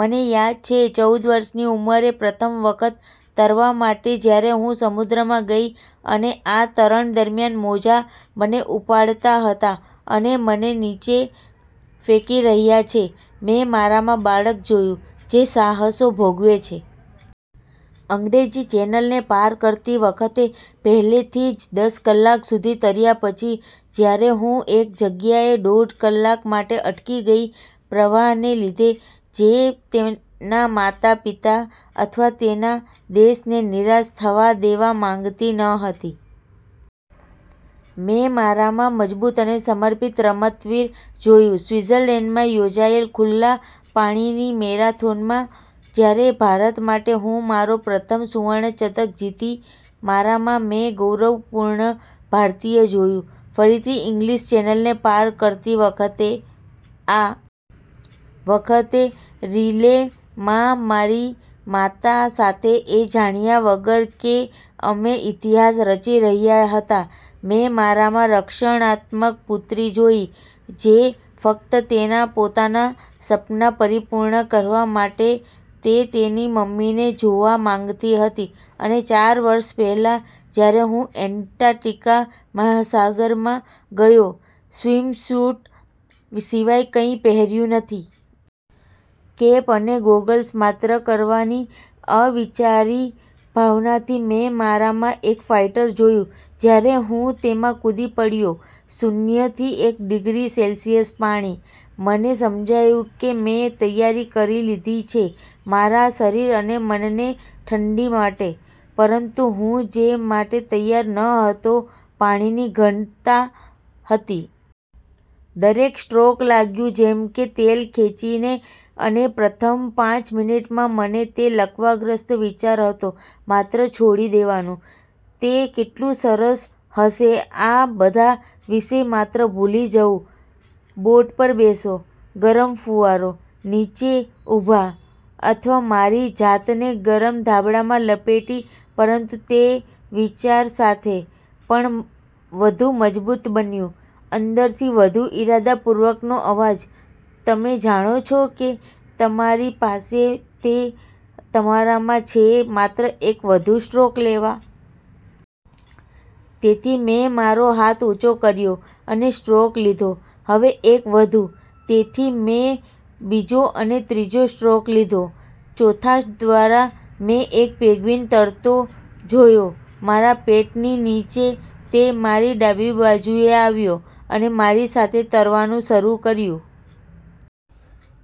મને યાદ છે, ચૌદ વર્ષની ઉંમરે, પ્રથમ વખત તરવા માટે જ્યારે હું સમુદ્રમાં ગઇ અને આ તરણ દરમ્યાન, મોજા મને ઉપાડતા હતા અને મને નીચે ફેંકી રહ્યા છે, મેં મારામાં બાળક જોયું, જે સાહસો ભોગવે છે. અંગ્રેજી ચેનલને પાર કરતી વખતે, પહેલેથી જ દસ કલાક સુધી તર્યા પછી, જ્યારે હું એક જગ્યાએ દોઢ કલાક માટે અટકી ગઈ પ્રવાહને લીધે, જે તેના માતાપિતા અથવા તેના દેશને નિરાશ થવા દેવા માંગતી ન હતી. મેં મારામાં મજબૂત અને સમર્પિત રમતવીર જોયું. સ્વિટ્ઝરલેન્ડમાં યોજાયેલ ખુલ્લા પાણીની મેરેથોનમાં, જ્યારે ભારત માટે હું મારો પ્રથમ સુવર્ણ ચંદ્રક જીતી મારામાં મેં ગૌરવપૂર્ણ ભારતીય જોયું, ફરીથી ઇંગ્લિશ ચેનલને પાર કરતી વખતે, આ વખતે રિલે માં મારી માતા સાથે, એ જાણ્યા વગર કે અમે ઇતિહાસ રચી રહ્યા હતા, મેં મારામાં રક્ષણાત્મક પુત્રી જોઇ, જે ફક્ત તેના પોતાના સપના પરિપૂર્ણ કરવા માટે તે તેની મમ્મીને જોવા માંગતી હતી અને ચાર વર્ષ પહેલાં, જ્યારે હું એન્ટાર્કટિક મહાસાગરમાં ગયો, સ્વિમસ્યુટ સિવાય કંઇ પહેર્યું નથી. કેપ અને ગોગલ્સ, માત્ર કરવાની અવિચારી ભાવનાથી, મેં મારામાં એક ફાઇટર જોયું. જ્યારે હું તેમાં કૂદી પડ્યો શૂન્યથી એક ડિગ્રી સેલ્સિયસ પાણી, મને સમજાયું કે મેં તૈયારી કરી લીધી છે મારા શરીર અને મનને ઠંડી માટે, પરંતુ હું જે માટે તૈયાર ન હતો પાણીની ઘનતા હતી. દરેક સ્ટ્રોક લાગ્યું જેમ કે તેલ ખેંચીને અને પ્રથમ પાંચ મિનિટમાં મને તે લકવાગ્રસ્ત વિચાર હતો માત્ર છોડી દેવાનું. તે કેટલું સરસ હશે આ બધા વિશે માત્ર ભૂલી જવું, બોટ પર બેસો, ગરમ ફુવારો નીચે ઉભા અથવા મારી જાતને ગરમ ધાબળામાં લપેટી પરંતુ તે વિચાર સાથે, પણ વધુ મજબૂત બન્યું, અંદરથી વધુ ઇરાદાપૂર્વકનો અવાજ "તમે જાણો છો કે તમારી પાસે તે તમારામાં છે માત્ર એક વધુ સ્ટ્રોક લેવા. " તેથી મેં મારો હાથ ઉંચો કર્યો અને સ્ટ્રોક લીધો. "હવે એક વધુ. " તેથી મેં બીજો અને ત્રીજો સ્ટ્રોક લીધો. ચોથા દ્વારા, મેં એક પેન્ગ્વીન તરતો જોયો મારા પેટની નીચે તે મારી ડાબી બાજુએ આવ્યો અને મારી સાથે તરવાનું શરૂ કર્યું.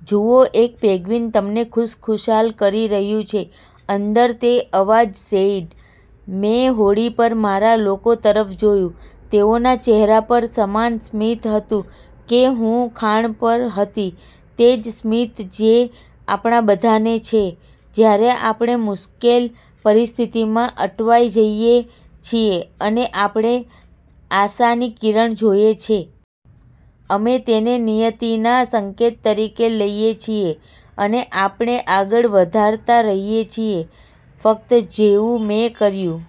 "જુઓ, એક પેંગ્વિન તમને ખુશખુશાલ કરી રહ્યું છે," અંદર તે અવાજ સેઇડ. મેં હોડી પર મારા લોકો તરફ જોયું. તેઓના ચહેરા પર સમાન સ્મિત હતું કે હું ખાણ પર હતી. તે જ સ્મિત જે આપણા બધાને છે જ્યારે આપણે મુશ્કેલ પરિસ્થિતિમાં અટવાઈ જઈએ છીએ અને આપણે આશાની કિરણ જોયે છે. અમે તેને નિયતિના સંકેત તરીકે લઈએ છીએ, અને આપણે આગળ વધારતા રહીએ છીએ. ફક્ત જેવું મેં કર્યું,